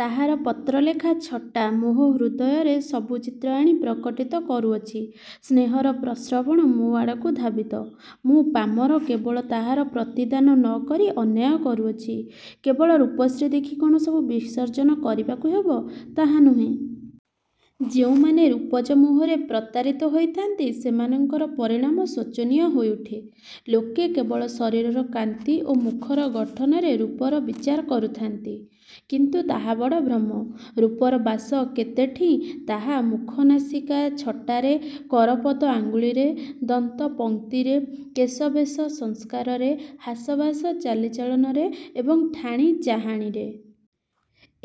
ତାହାର ପତ୍ରଲେଖା ଛଟା ମୋହ ହୃଦୟରେ ସବୁ ଚିତ୍ର ଆଣି ପ୍ରକଟିତ କରୁଅଛି। ସ୍ନେହର ପ୍ରସ୍ରବଣ ମୋ ଆଡ଼କୁ ଧାବିତ। ମୁଁ ପାମର କେବଳ ତାହାର ପ୍ରତିଦାନ ନ କରି ଅନ୍ୟାୟ କରୁଅଛି। କେବଳ ରୂପଶ୍ରୀ ଦେଖି କଣ ସବୁ ବିସର୍ଜନ କରିବାକୁ ହେବ, ତାହା ନୁହେଁ। ଯେଉଁମାନେ ରୂପଜ ମୋହରେ ପ୍ରତାରିତ ହୋଇଥାନ୍ତି, ସେମାନଙ୍କର ପରିଣାମ ଶୋଚନୀୟ ହୋଇଉଠେ। ଲୋକେ କେବଳ ଶରୀରର କାନ୍ତି ଓ ମୁଖର ଗଠନରେ ରୂପର ବିଚାର କରୁଥାନ୍ତି। କିନ୍ତୁ ତାହା ବଡ଼ ଭ୍ରମ। ରୂପର ବାସ କେତେଠିଁ ତାହା ମୁଖ ନାସିକା ଛଟାରେ କର ପଦ ଅଙ୍ଗୁଳିରେ - ଦନ୍ତପଂକ୍ତିରେ କେଶବେଶ ସଂସ୍କାରରେ ହାସ ଭାଷ ଚାଲି ଚଳନରେ ଏବଂ ଠାଣି ଚାହାଣିରେ।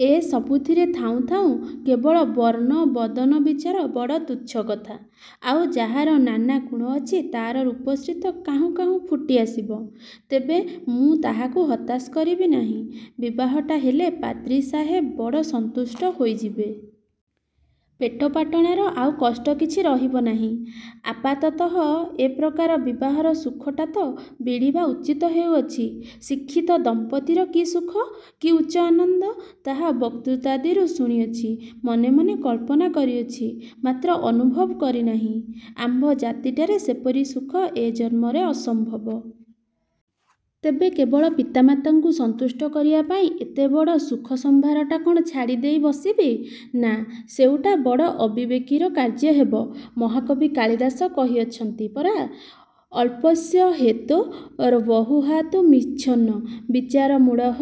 ଏ ସବୁଥିରେ ଥାଉଁ ଥାଉଁ କେବଳ ବର୍ଣ୍ଣବଦନବିଚାର ବଡ଼ ତୁଚ୍ଛ କଥା। ଆଉ ଯାହାର ନାନା ଗୁଣ ଅଛି, ତାର ରୂପଶ୍ରୀ ତ କାହୁଁ କାହୁଁ ଫୁଟିଆସିବ! ତେବେ ମୁଁ ତାହାକୁ ହତାଶ କରିବି ନାହିଁ। ବିବାହଟା ହେଲେ ପାଦ୍ରୀ ସାହେବ ବଡ଼ ସନ୍ତୁଷ୍ଟ ହୋଇଯିବେ। ପେଟପାଟଣାର ଆଉ କଷ୍ଟ କିଛି ରହିବ ନାହିଁ। ଆପାତତଃ ଏପ୍ରକାର ବିବାହର ସୁଖଟା ତ ବିଡ଼ିବା ଉଚିତ ହେଉଅଛି। ଶିକ୍ଷିତ ଦମ୍ପତୀର କି ସୁଖ, କି ଉଚ୍ଚ ଆନନ୍ଦ, ତାହା ବକ୍ତୃତାଦିରୁ ଶୁଣିଅଛି ମନେ ମନେ କଳ୍ପନା କରିଅଛି; ମାତ୍ର ଅନୁଭବ କରିନାହିଁ। ଆମ୍ଭ ଜାତିଟାରେ ସେପରି ସୁଖ ଏ ଜନ୍ମରେ ଅସମ୍ଭବ। ତେବେ କେବଳ ପିତାମାତାଙ୍କୁ ସନ୍ତୁଷ୍ଟ କରିବାପାଇଁ ଏତେବଡ଼ ସୁଖସମ୍ଭାରଟା କଣ ଛାଡ଼ିଦେଇ ବସିବି! ନା, ସେଉଟା ବଡ଼ ଅବିବେକିର କାର୍ଯ୍ୟ ହେବ। ମହାକବି କାଳିଦାସ କହିଅଛନ୍ତି ପରା-''ଅଳ୍ପସ୍ୟ ହେତୋ ର୍ବହୁହାତୁ ମିଚ୍ଛନ ବିଚାରମୂଢ଼ଃ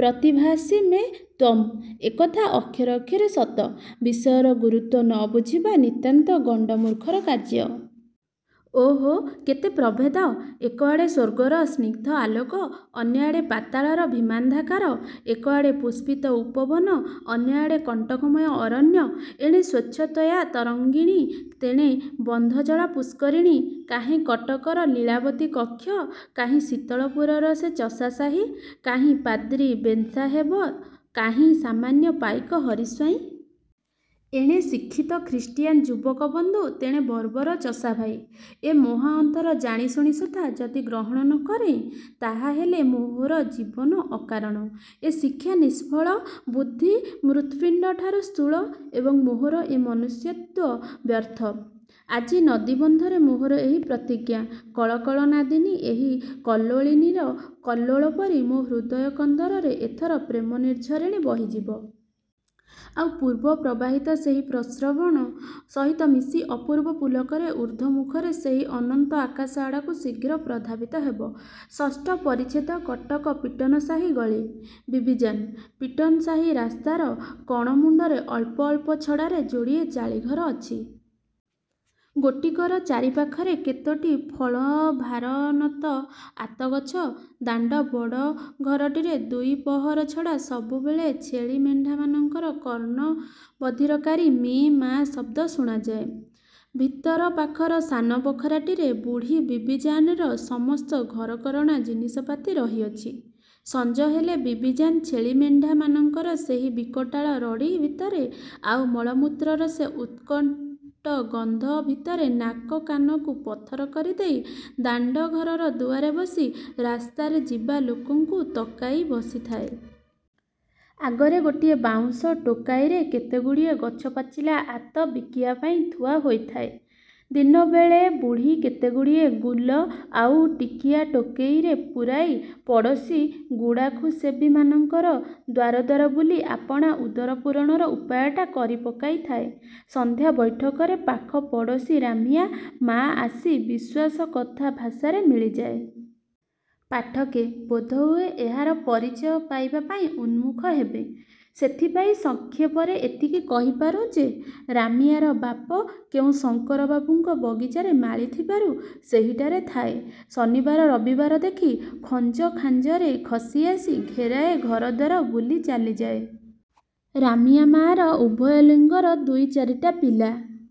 ପ୍ରତିଭାସି ମେ ତ୍ୱଂ। '' ଏକଥା ଅକ୍ଷରେ ଅକ୍ଷରେ ସତ୍ୟ। ବିଷୟର ଗୁରୁତ୍ୱ ନ ବୁଝିବା ନିତାନ୍ତ ଗଣ୍ଡମୁର୍ଖର କାର୍ଯ୍ୟ। ଓହୋ! କେତେ ପ୍ରଭେଦ! ଏକଆଡ଼େ ସ୍ୱର୍ଗର ସ୍ନିଗ୍ଧ ଆଲୋକ- ଅନ୍ୟଆଡ଼େ ପାତାଳର ଭୀମାନ୍ଧକାର! ଏକଆଡ଼େ ପୁଷ୍ପିତ ଉପବନ ଅନ୍ୟଆଡ଼େ କଣ୍ଟକମୟ ଅରଣ୍ୟ! ଏଣେ ସ୍ୱଚ୍ଛତୋୟା ତରଙ୍ଗିଣୀ ତେଣେ ବନ୍ଧଜଳା ପୁଷ୍କରିଣୀ! କାହିଁ କଟକର ଲୀଳାବତୀ କକ୍ଷ କାହିଁ ଶୀତଳପୁରର ସେ ଚଷାସାହି। କାହିଁ ପାଦ୍ରୀ ବେନ୍ସାହେବ କାହିଁ ସାମାନ୍ୟ ପାଇକ ହରି ସ୍ୱାଇଁ। ଏଣେ ଶିକ୍ଷିତ ଖ୍ରୀଷ୍ଟିୟାନ ଯୁବକ ବନ୍ଧୁ ତେଣେ ବର୍ବର ଚଷା ଭାଇ! ଏ ମହାଅନ୍ତର ଜାଣିଶୁଣି ସୁଦ୍ଧା ଯଦି ଗ୍ରହଣ ନ କରେଁ, ତାହାହେଲେ ମୋହର ଜୀବନ ଅକାରଣ, ଏ ଶିକ୍ଷା ନିଷ୍ଫଳ, ବୁଦ୍ଧି ମୃତ୍ପିଣ୍ଡଠାରୁ ସ୍ଥୂଳ ଏବଂ ମୋହର ଏ ମନୁଷ୍ୟତ୍ୱ ବ୍ୟର୍ଥ। ଆଜି ନଦୀବନ୍ଧରେ ମୋହର ଏହି ପ୍ରତିଜ୍ଞା କଳକଳନାଦିନୀ ଏହି କଲ୍ଲୋଳିନୀର କଲ୍ଲୋଳ ପରି ମୋ ହୃଦୟକନ୍ଦରରେ ଏଥର ପ୍ରେମନିର୍ଝରିଣୀ ବହିଯିବ। ଆଉ ପୂର୍ବ ପ୍ରବାହିତ ସେହି ପ୍ରସ୍ରବଣ ସହିତ ମିଶି ଅପୂର୍ବ ପୁଲକରେ ଊର୍ଦ୍ଧ୍ୱମୁଖରେ ସେହି ଅନନ୍ତ ଆକାଶ ଆଡ଼କୁ ଶୀଘ୍ର ପ୍ରଧାବିତ ହେବ। '' ଷଷ୍ଠ ପରିଚ୍ଛେଦ କଟକ ପିଟନ ସାହି ଗଳି। ବିବିଜାନ୍। ପିଟନ ସାହି ରାସ୍ତାର କଣମୁଣ୍ଡରେ ଅଳ୍ପ ଅଳ୍ପ ଛଡ଼ାରେ ଯୋଡ଼ିଏ ଚାଳି ଘର ଅଛି। ଗୋଟିକର ଚାରିପାଖରେ କେତୋଟି ଫଳଭାରନତ ଆତଗଛ ଦାଣ୍ଡ ବଡ଼ ଘରଟିରେ ଦୁଇପହର ଛଡ଼ା ସବୁବେଳେ ଛେଳି ମେଣ୍ଢାମାନଙ୍କର କର୍ଣ୍ଣ ବଧିରକାରୀ ମେଁ-ମାଁ ଶଦ୍ଦ ଶୁଣାଯାଏ। ଭିତର ପାଖର ସାନ ବଖରାଟିରେ ବୁଢ଼ୀ ବିବିଜାନର ସମସ୍ତ ଘରକରଣା ଜିନିଷପାତି ରହିଅଛି। ସଞ୍ଜ ହେଲେ ବିବିଜାନ୍ ଛେଳି ମେଣ୍ଢାମାନଙ୍କର ସେହି ବିକଟାଳ ରଡ଼ି ଭିତରେ ଆଉ ମଳମୂତ୍ରର ସେ ଉତ୍କଟ ଦୁର୍ଗନ୍ଧ ଭିତରେ ନାକ କାନକୁ ପଥର କରିଦେଇ ଦାଣ୍ଡଘରର ଦୁଆରେ ବସି ରାସ୍ତାରେ ଯିବା ଲୋକଙ୍କୁ ତକାଇ ବସିଥାଏ। ଆଗରେ ଗୋଟିଏ ବାଉଁଶ ଟୋକାଇରେ କେତେଗୁଡ଼ିଏ ଗଛପାଚିଲା ଆତ ବିକିବା ପାଇଁ ଥୁଆ ହୋଇଥାଏ। ଦିନବେଳେ ବୁଢ଼ୀ କେତେଗୁଡ଼ିଏ ଗୁଲ ଆଉ ଟିକିଆ ଟୋକେଇରେ ପୂରାଇ ପଡ଼ୋସୀ ଗୁଡ଼ାଖୁସେବିମାନଙ୍କର ଦ୍ୱାର ଦ୍ୱାର ବୁଲି ଆପଣା ଉଦରପୂରଣର ଉପାୟଟା କରିପକାଇଥାଏ। ସନ୍ଧ୍ୟା ବୈଠକରେ ପାଖ ପଡ଼ୋସୀ ରାମିଆ ମା' ଆସି ବିଶ୍ୱାସ କଥା ଭାଷାରେ ମିଳିଯାଏ। ପାଠକେ, ବୋଧହୁଏ ଏହାର ପରିଚୟ ପାଇବାପାଇଁ ଉନ୍ମୁଖ ହେବେ। ସେଥିପାଇଁ ସଂକ୍ଷେପରେ ଏତିକି କହି ପାରୁଁ ଯେ, ରାମିଆର ବାପ କେଉଁ ଶଙ୍କର ବାବୁଙ୍କ ବଗିଚାରେ ମାଳି ଥିବାରୁ ସେହିଠାରେ ଥାଏ। ଶନିବାର ରବିବାର ଦେଖି ଖଞ୍ଜଖାଞ୍ଜରେ ଖସି ଆସି ଘେରାଏ ଘରଦ୍ୱାର ବୁଲି ଚାଲିଯାଏ। ରାମିଆ ମା'ର ଉଭୟ ଲିଙ୍ଗର ଦୁଇ ଚାରିଟା ପିଲା।